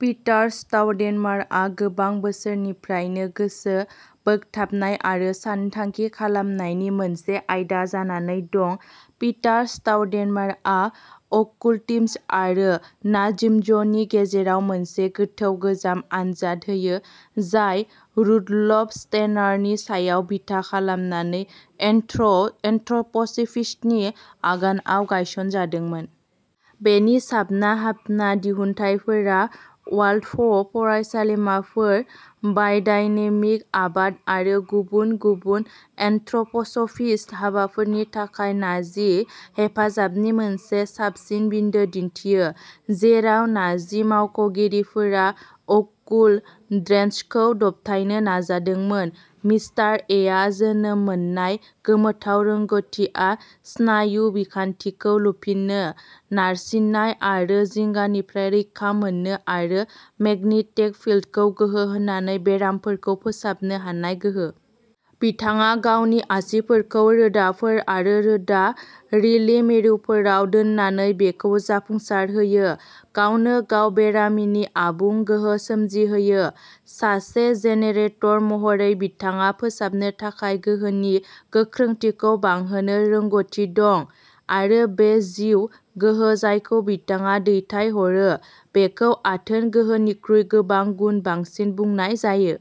Peter स्टाउडेनमायारआ गोबां बोसोरनिफ्रायनो गोसो बोगथाबनाय आरो सानथांखि खालामनायनि मोनसे आयदा जानानै दं। पिटार स्टाउडेनमायारआ अकुल्टिज्म आरो नाजिज्मनि गेजेराव मोनसे गोथौ गोजाम आनजाद होयो, जाय रुडलफ स्टेइनारनि सायाव बिथा खालामनानै एन्थ्र एन्थ्रप'स'फिस्टनि आगानआव गायसनजादोंमोन। बेनि साबना-हामना दिहुनथायफोरा वाल्डर्फ फरायसालिमाफोर, बाय'डायनेमिक आबाद आरो गुबुन गुबुन एन्थ्रप'स'फिस्ट हाबाफोरनि थाखाय नाजि हेफाजाबनि मोनसे साबसिन बिन्दो दिन्थियो, जेराव नाजि मावख'गिरिफोरा अकुल्ट ट्रेन्ड्सखौ दबथायनो नाजादोंमोन। मिस्टार एआ जोनोम मोननाय गोमोथाव रोंग'थिआ स्नायु बिखान्थिखौ लुफिननो, नारसिननाय आरो जिंगानिफ्राय रैखा मोननो आरो मेगनेटिक फिल्डखौ गोहो होनानै बेरामफोरखौ फोसाबनो हानाय गोहो। बिथाङा गावनि आसिफोरखौ रोदाफोर आरो रोदा रिले मिरुफोराव दोननानै बेखौ जाफुंसारहोयो, गावनो-गाव बेरामिनि आबुं गोहो सोमजिहोयो। सासे जेनेरेटर महरै बिथाङा फोसाबनो थाखाय गोहोनि गोख्रोंथिखौ बांहोनो रोंग'थि दं आरो बे जिउ गोहो जायखौ बिथाङा दैथायहरो, बेखौ आथोन गोहोनिख्रुइ गोबां गुन बांसिन बुंनाय जायो।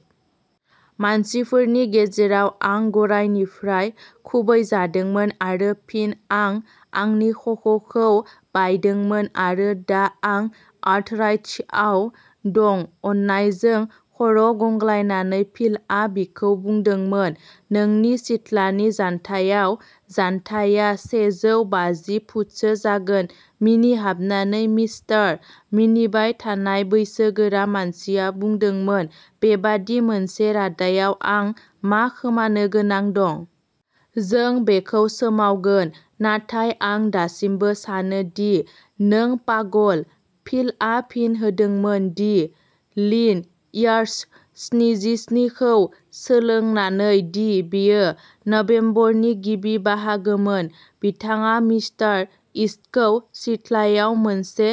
मानसिफोरनि गेजेराव। आं गरायनिफ्राय खुबैजादोंमोन आरो फिन आं आंनि खख'खौ बायदोंमोन आरो दा आं आर्थराइटिसआव दं। "अननायजों खर'गंग्लायनानै, फिलआ बिखौ बुंदोंमोन," नोंनि सिथ्लानि जान्थायाव जान्थाया सेजौ बाजि फुटसो जागोन। "मिनिहाबनानै, मिस्टार" मिनिबाय थानाय, बैसोगोरा मानसिया बुंदोंमोन, "बेबादि मोनसे रादायाव, आं मा खोमानो गोनां दं? जों बेखौ सोमावगोन, नाथाय आं दासिमबो सानो दि नों पागल।" फिलआ फिन होदोंमोन। "दि लीन इयार्स स्निजिस्नि खौ सोलोंनानै दि बेयो नबेम्बरनि गिबि बाहागोमोन, बिथाङा मिस्टार ईस्टखौ सिथ्लायाव मोनसे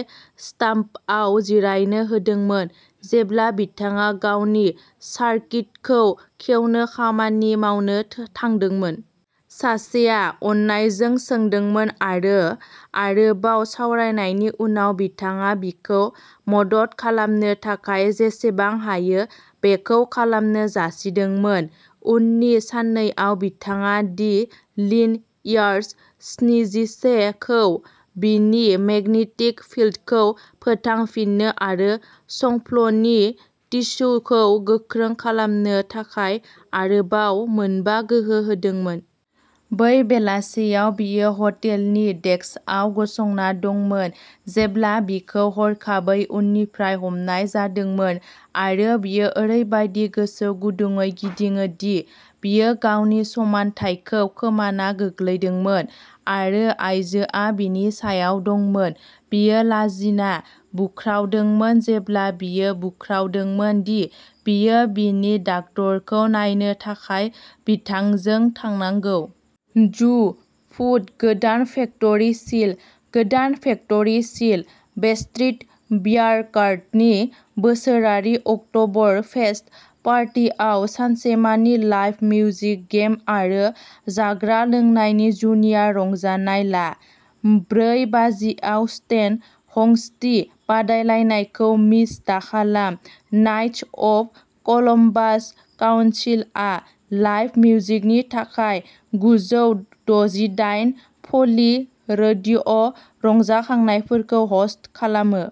स्टाम्पआव जिरायनो होदोंमोन जेब्ला बिथाङा गावनि सार्किटखौ खेवनो खामानि मावनो थांगोंमोन। सासेया अननायजों सोंदोंमोन आरो आरोबाव सावरायनायनि उनाव बिथाङा बिखौ मदद खालामनो थाखाय जेसेबां हायो बेखौ खालामनो जासिदोंमोन।" उननि साननैआव बिथाङा दि लीन इयार्स स्निजिसे खौ बिनि मेगनेटिक फिल्डखौ फोथांफिन्नो आरो संफ्लनि टिस्युखौ गोख्रों खालामनो थाखाय आरोबाव मोनबा गोहो होदोंमोन। बै बेलासियाव। बियो हटेलनि डेस्कआव गसंना दंमोन जेब्ला बिखौ हरखाबै उननिफ्राय हमनाय जादोंमोन आरो बियो ओरैबादि गोसो गुदुंयै गिदिङो दि बियो गावनि समान्थायखौ खोमाना गोग्लैदोंमोन, आरो आयजोआ बिनि सायाव दंमोन। बियो लाजिना बुख्रावदोंमोन, जेब्ला बियो बुख्रावदोंमोन दि बियो बिनि डक्टरखौ नायनो थाखाय बिथांजों थांनांगौ। जु फुट। गोदान फेक्टरि सिल। गोदान फेक्टरि सिल। बेस्ट्रिट बियारगार्टननि बोसोरारि अकट'बरफेस्ट पार्टियाव सानसेमानि लाइभ मिउजिक, गेम आरो जाग्रा लोंनायनि जुनिया रंजानाय ला। ब्रै बाजियाव स्टेन हं'स्टिं बादायलायनायखौ मिस दाखालाम। नाइट्स अफ कलम्बास काउन्सिल आ लाइभ मिउजिकनि थाखाय गुजौ दजिदाइन फ'लि रोडआव रंजाखांनायफोरखौ ह'स्ट खालामो।